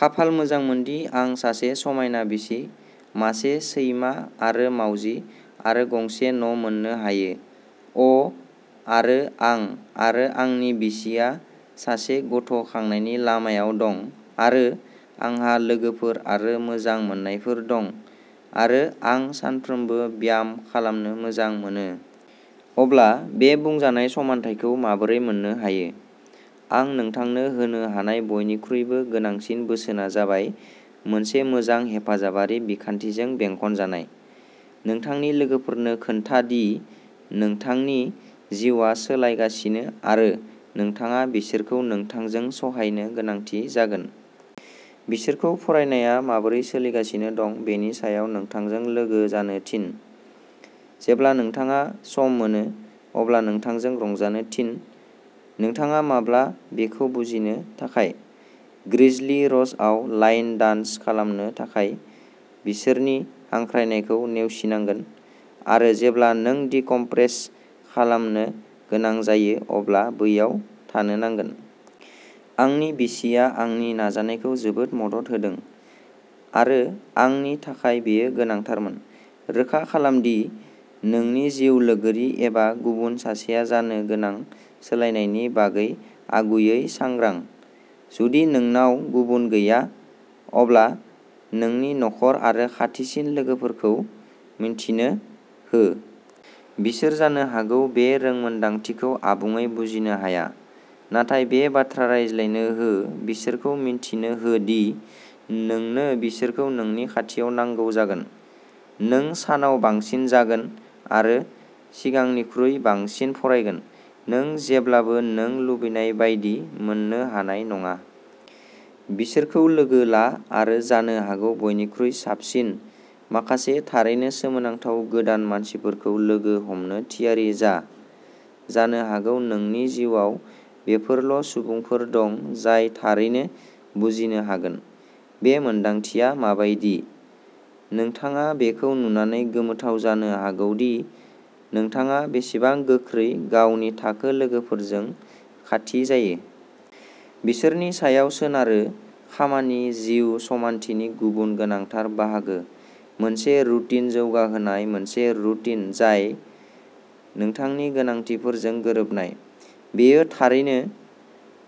खाफाल मोजांमोनदि आं सासे समायना बिसि, मासे सैमा आरो मावजि, आरो गंसे न' मोन्नो हायो। अ' आरो आं आरो आंनि बिसिया सासे गथ' खांनायनि लामायाव दं आरो, आंहा लोगोफोर आरो मोजां मोननायफोर दं आरो आं सानफ्रोमबो ब्याम खालामनो मोजां मोनो। अब्ला, बे बुंजानाय समानथायखौ माबोरै मोन्नो हायो? आं नोंथांनो होनो हानाय बयनिख्रुइबो गोनांसिन बोसोनआ जाबाय मोनसे मोजां हेफाजाबारि बिखान्थिजों बेंखनजानाय। नोंथांनि लोगोफोरनो खोन्था दि नोंथांनि जिउआ सोलायगासिनो आरो नोंथाङा बिसोरखौ नोंथांजों सहायनो गोनांथि जागोन। बिसोरखौ फरायनाया माबोरै सोलिगासिनो दं बेनि सायाव नोंथांजों लोगो जानो थिन, जेब्ला नोंथाङा सम मोनो अब्ला नोंथांजों रंजानो थिन, नोंथाङा माब्ला बेखौ बुजिनो थाखाय। ग्रिजलि रोजआव लाइन डान्स खालामनो थाखाय बिसोरनि हांख्रायनायखौ नेवसिनांगोन, आरो जेब्ला नों डिकम्प्रेस खालामनो गोनां जायो अब्ला बैयाव थानो नांगोन। आंनि बिसिया आंनि नाजानायखौ जोबोद मदद होदों, आरो आंनि थाखाय बेयो गोनांथारमोन। रोखा खालाम दि नोंनि जिउ लोगोरि एबा गुबुन सासेआ जानो गोनां सोलायनायनि बागै आगुयै सांग्रां। जुदि नोंनाव गुबुन गैया, अब्ला नोंनि नखर आरो खाथिसिन लोगोफोरखौ मिन्थिनो हो। बिसोर जानो हागौ बे रोंमोनदांथिखौ आबुङै बुजिनो हाया, नाथाय बे बाथ्रा रायज्लायनो हो बिसोरखौ मिन्थिनो हो दि नोंनो बिसोरखौ नोंनि खाथियाव नांगौ जागोन। नों सानाव बांसिन जागोन आरो सिगांनिख्रुइ बांसिन फरायगोन। नों जेब्लाबो नों लुबैनाय बायदि मोन्नो हानाय नङा। बिसोरखौ लोगो ला आरो जानो हागौ बयनिख्रुइ साबसिन, माखासे थारैनो सोमोनांथाव गोदान मानसिफोरखौ लोगो हमनो थियारि जा। जानो हागौ नोंनि जिउआव बेफोरल' सुबुंफोर दं जाय थारैनो बुजिनो हागोन। बे मोन्दांथिया माबायदि। नोंथाङा बेखौ नुनानै गोमोथाव जानो हागौ दि नोंथाङा बेसेबां गोख्रै गावनि थाखो लोगोफोरजों खाथि जायो। बिसोरनि सायाव सोनारो खामानि जिउ समानथिनि गुबुन गोनांथार बाहागो मोनसे रुटिन जौगाहोनाय मोनसे रुटिन जाय नोंथांनि गोनांथिफोरजों गोरोबनाय। बेयो, थारैनो,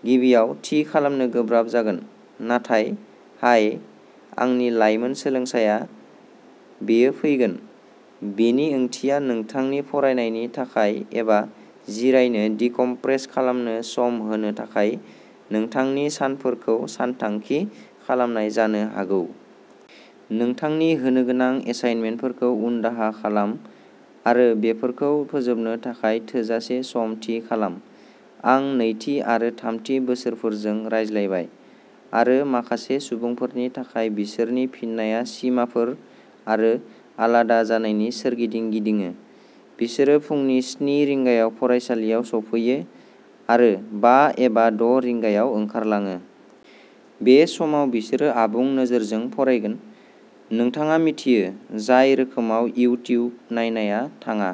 गिबियाव थि खालामनो गोब्राब जागोन। नाथाय हाय, आंनि लाइमोन सोलोंसाया, बेयो फैगोन। बेनि ओंथिया नोंथांनि फरायनायनि थाखाय एबा जिरायनो डिकम्प्रेस खालामनो सम होनो थाखाय नोंथांनि सानफोरखौ सानथांखि खालामनाय जानो हागौ। नोंथांनि होनोगोनां एसाइनमेन्टफोरखौ उनदाहा खालाम आरो बेफोरखौ फोजोबनो थाखाय थोजासे सम थि खालाम। आं नैथि आरो थामथि बोसोरफोरजों रायज्लायबाय आरो माखासे सुबुंफोरनि थाखाय बिसोरनि फिननाया सिमाफोर आरो आलादा जानायनि सोरगिदिं गिदिङो। बिसोरो फुंनि स्नि रिंगायाव फरायसालियाव सफैयो आरो बा एबा द' रिंगायाव ओंखारलाङो। बे समाव बिसोरो आबुं नोजोरजों फरायगोन। नोंथाङा मिथियो, जाय रोखोमाव इउटिउब नायनाया थाङा।